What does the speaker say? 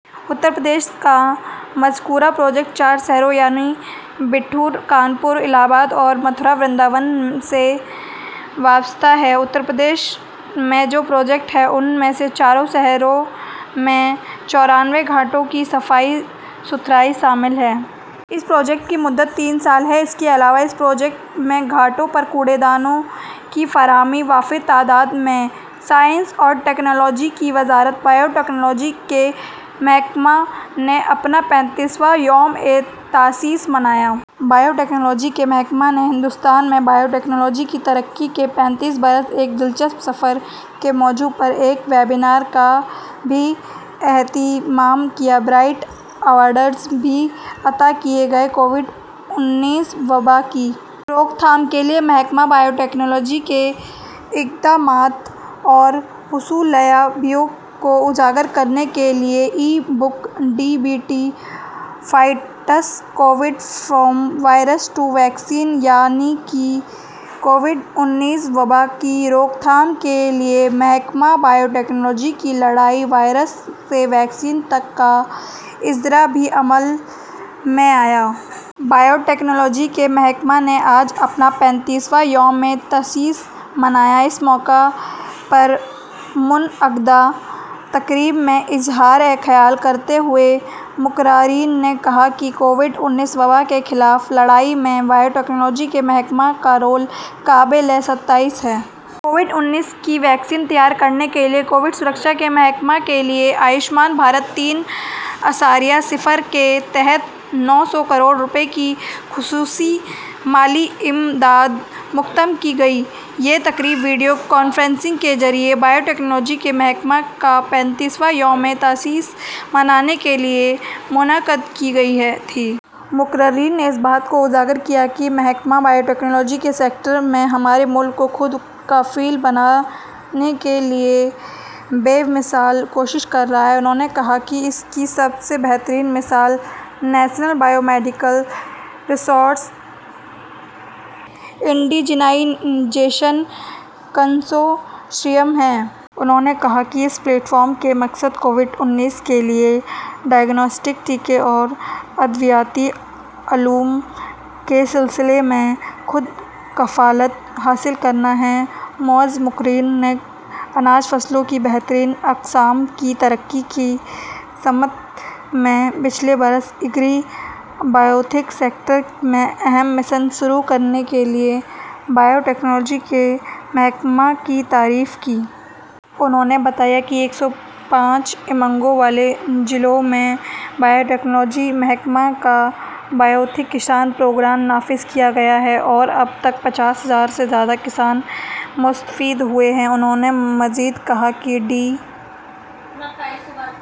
اترپردیش کا مذکورہ پروجیکٹ چار شہروں یعنی بٹھور، کانپور، الہ آباد اور متھرا-برنداون سے وابستہ ہے۔ اترپردیش میں جو پروجیکٹ ہیں، ان میں چار شہروں میں چورانوے گھاٹوں کی صفائی ستھرائی شامل ہے۔ اس پروجیکٹ کی مدت تین سال ہے۔ اس کے علاوہ اس پروجیکٹ میں گھاٹوں پر کوڑے دانوں کی فراہمی وافر تعداد میں۔ سائنس اور ٹیکنالوجی کی وزارت بایوٹکنالوجی کے محکمہ نے اپنا پینتیس واں یومِ تاسیس منایا۔ بایوٹکنالوجی کے محکمہ نے "ہندوستان میں بایوٹکنالوجی کی ترقی کے پینتیس برس، ایک دلچسپ سفر" کے موضوع پر ایک ویبینار کا بھی اہتمام کیا۔ برائٹ ایوارڈز بھی عطا کیے گئے۔ کووڈ-انیس وبا کی روک تھام کے لیے محکمہ بایوٹکنالوجی کے اقدامات اور حصولیابیوں کو اجاگر کرنے کے لیے ebook "D B T fights covid, from virus to vaccine", یعنی کووڈ-انیس وبا کی روک تھام کے لیے محکمہ بایوٹکنالوجی کی لڑائی، وائرس سے ویکسین تک، کا اجرا بھی عمل میں آیا۔ نئی دہلی، ستائیس فروری دو ہزار اکیس: بایوٹکنالوجی کے محکمہ نے آج اپنا پینتیس واں یومِ تاسیس منایا۔ اس موقع پر منعقدہ تقریب میں اظہارِ خیال کرتے ہوئے مقررین نے کہا کہ "کووڈ-انیس وبا کے خلاف لڑائی میں بایوٹکنالوجی کے محکمہ کا رول قابلِ ستائش ہے۔" کووڈ انیس کی ویکسین تیار کرنے کے لیے کووڈ-سرکشا کے محکمہ کے لیے آیوشمان بھارت تین اعشاریہ صفر کے تحت نو سو کروڑ روپے کی خصوصی مالی امداد مختص کی گئی ہے۔ یہ تقریب ویڈیو کانفرنسنگ کے ذریعے بایوٹکنالوجی کے محکمہ کا پینتیس واں یومِ تاسیس منانے کے لیے منعقد کی گئی تھی۔ مقررین نے اس بات کو اجاگر کیا کہ محکمہ بایوٹکنالوجی کے سیکٹر میں ہمارے ملک کو خود کفیل بنانے کے لیے بے مثال کوششیں کر رہا ہے۔ انہوں نے کہا کہ اس کی سب سے بہترین مثال "national biomedical resource indigenization consortium" ہے۔ انہوں نے کہا کہ "اس پلیٹ فارم کا مقصد کووڈ-انیس کے لیے ڈائگنوسٹک، ٹیکے اور ادویاتی علوم کے سلسلے میں خود کفالت حاصل کرنا ہے۔" معزز مقررین نے اناج فصلوں کی بہترین اقسام کی ترقی کی سمت میں پچھلے برس ایگری-بایوٹیک سیکٹر میں اہم مشن شروع کرنے کے لیے بایوٹکنالوجی کے محکمہ کی تعریف کی۔ انہوں نے بتایا کہ "ایک سو پانچ امنگوں والے ضلعوں میں بایوٹکنالوجی محکمہ کا بایوٹیک کسان پروگرام نافذ کیا گیا ہے اور اب تک پچاس ہزار سے زیادہ کسان مستفید ہوئے ہیں۔" انہوں نے مزید کہا کہ "ڈی...